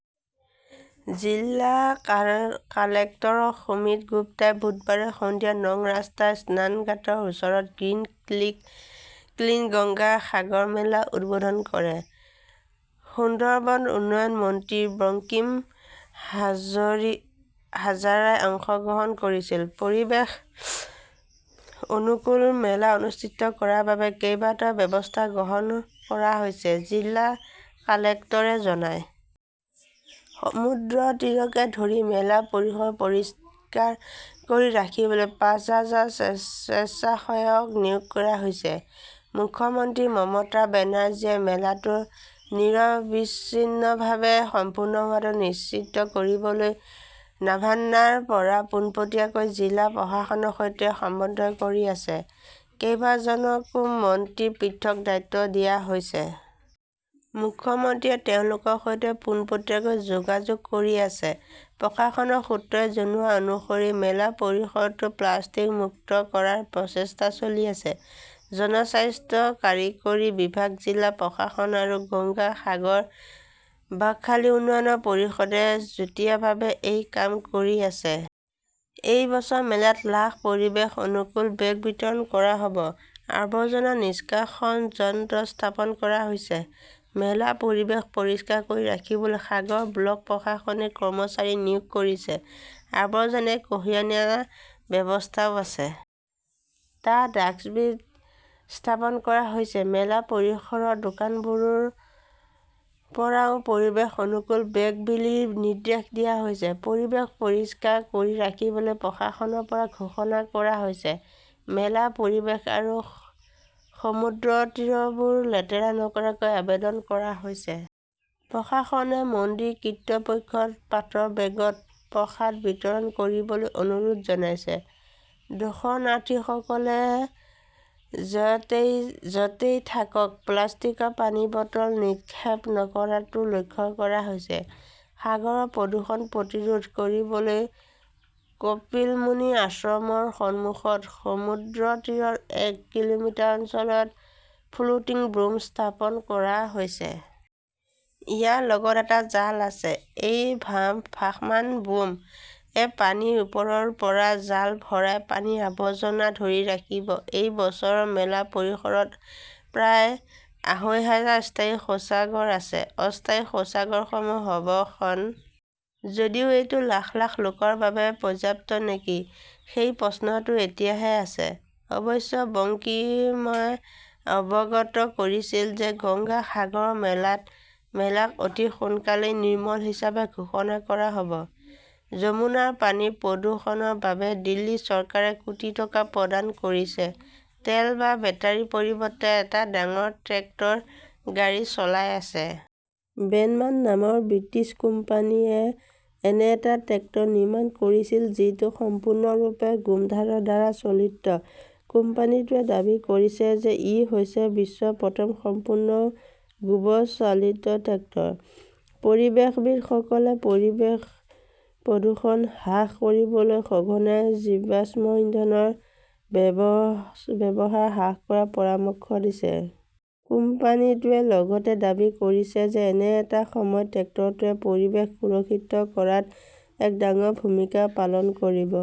জিলা কালেক্টৰ সুমিত গুপ্তাই বুধবাৰে সন্ধিয়া নং ৰাস্তাত স্নানঘাটৰ ওচৰত 'গ্ৰীণ ক্লিন "গংগা সাগৰ মেলা উদ্বোধন কৰে। সুন্দৰবন উন্নয়ন মন্ত্ৰী বঙ্কিম হাজাৰাই অংশগ্ৰহণ কৰিছিল। পৰিৱেশ-অনুকূল মেলা অনুষ্ঠিত কৰাৰ বাবে কেইবাটাও ব্যৱস্থা গ্ৰহণ কৰা হৈছে, জিলা কালেক্টৰে জনায়। সমুদ্ৰতীৰকে ধৰি মেলা পৰিসৰ পৰিষ্কাৰ কৰি ৰাখিবলৈ পাঁচ হাজাৰ স্বেচ্ছাসেৱক নিয়োগ কৰা হৈছে। মুখ্যমন্ত্ৰী মমতা বেনাৰ্জীয়ে মেলাটো নিৰবিচ্ছিন্নভাৱে সম্পূৰ্ণ হোৱাটো নিশ্চিত কৰিবলৈ নাভান্নাৰ পৰা পোনপটীয়াকৈ জিলা প্ৰশাসনৰ সৈতে সমন্বয় কৰি আছে। কেইবাজনো মন্ত্ৰীক পৃথক দায়িত্বও দিয়া হৈছে। মুখ্যমন্ত্ৰীয়ে তেওঁলোকৰ সৈতে পোনপটীয়াকৈ যোগাযোগ কৰি আছে। প্ৰশাসনৰ সূত্ৰই জনোৱা অনুসৰি মেলা পৰিসৰটো প্লাষ্টিক মুক্ত কৰাৰ প্ৰচেষ্টা চলি আছে। জনস্বাস্থ্য কাৰিকৰী বিভাগ, জিলা প্ৰশাসন আৰু গংগা সাগৰ-বাকখালী উন্নয়ন পৰিষদে যুটীয়াভাৱে এই কাম কৰি আছে। এই বছৰ মেলাত লাখ পৰিৱেশ অনুকূল বেগ বিতৰণ কৰা হ "ব। আৱৰ্জনা নিষ্কাশন যন্ত্ৰ স্থাপন কৰা হৈছে। মেলা পৰিৱেশ পৰিষ্কাৰ কৰি ৰাখিবলৈ সাগৰ ব্লক প্ৰশাসনে কৰ্মচাৰী নিয়োগ কৰিছে। আৱৰ্জনা কঢ়িয়াই নিয়াৰ ব্যৱস্থাও আছে। টা ডাস্টবিন স্থাপন কৰা হৈছে। মেলা পৰিসৰৰ দোকানবোৰৰ পৰাও পৰিৱেশ-অনুকূল বেগ বিলিৰ নিৰ্দেশ দিয়া হৈছে। পৰিৱেশ পৰিষ্কাৰ কৰি ৰাখিবলৈ প্ৰশাসনৰ পৰা ঘোষণা কৰা হৈছে। মেলা পৰিৱেশ আৰু সমুদ্ৰতীৰবোৰ লেতেৰা নকৰিবলৈ আবেদন কৰা হৈছে। প্ৰশাসনে মন্দিৰ কৰ্তৃপক্ষক পাটৰ বেগত প্ৰসাদ বিতৰণ কৰিবলৈ অনুৰোধ জনাইছে। দৰ্শনাৰ্থীসকলে য 'তেই থাকক প্লাষ্টিকৰ পানীৰ বটল নিক্ষেপ নকৰাটোও লক্ষ্য কৰা হৈছে। সাগৰ প্ৰদূষণ প্ৰতিৰোধ কৰিবলৈ কপিলমুনি আশ্ৰমৰ সন্মুখত সমুদ্ৰতীৰৰ এক কিলোমিটাৰ অঞ্চলত 'ফ্লোটিং বুম "স্থাপন কৰা হৈছে। ইয়াৰ লগত এটা জাল আছে। এই ভাসমান 'বুম "-এ পানীৰ ওপৰৰ পৰা জাল ভৰাই পানীৰ আৱৰ্জনা ধৰি ৰাখিব। এই বছৰ মেলা পৰিসৰত প্ৰায় আঢ়ৈ হাজাৰ স্থায়ী শৌচাগাৰ আছে। অস্থায়ী শৌচাগাৰসমূহ হ "ব, খন। যদিও এইটো লাখ লাখ লোকৰ বাবে পৰ্যাপ্ত নেকি সেই প্ৰশ্নটো এতিয়াও আছে। অৱশ্যে, বংকিমে অৱগত কৰিছিল যে গংগা সাগৰ মেলাক অতি সোনকালেই 'নিৰ্মল "হিচাপে ঘোষণা কৰা হ" ব। যমুনাৰ পানীৰ প্ৰদূষণৰ বাবে দিল্লী চৰকাৰে কোটি টকা প্ৰদান কৰিছে তেল বা বেটাৰিৰ পৰিৱৰ্তে এটা ডাঙৰ ট্ৰেক্টৰ গাড়ী চলাই আছে। বেনমান নামৰ এটা ব্ৰিটিছ কোম্পানীয়ে এনে এটা ট্ৰেক্টৰ নিৰ্মাণ কৰিছিল যিটো সম্পূৰ্ণৰূপে গোমধানৰ দ্বাৰা চালিত। কোম্পানীটোৱে দাবী কৰিছে যে ই হৈছে বিশ্বৰ প্ৰথম সম্পূৰ্ণ গোবৰ চালিত ট্ৰেক্টৰ। পৰিৱেশবিদসকলে পৰিৱেশ প্ৰদূষণ হ্ৰাস কৰিবলৈ সঘনাই জীৱাশ্ম ইন্ধনৰ ব্যৱহাৰ হ্ৰাস কৰাৰ পৰামৰ্শ দিছে। কোম্পানীটোৱে লগতে দাবী কৰিছে যে এনে এটা সময়ত ট্ৰেক্টৰটোৱে পৰিৱেশ সুৰক্ষিত কৰাত এক ডাঙৰ ভূমিকা পালন কৰিব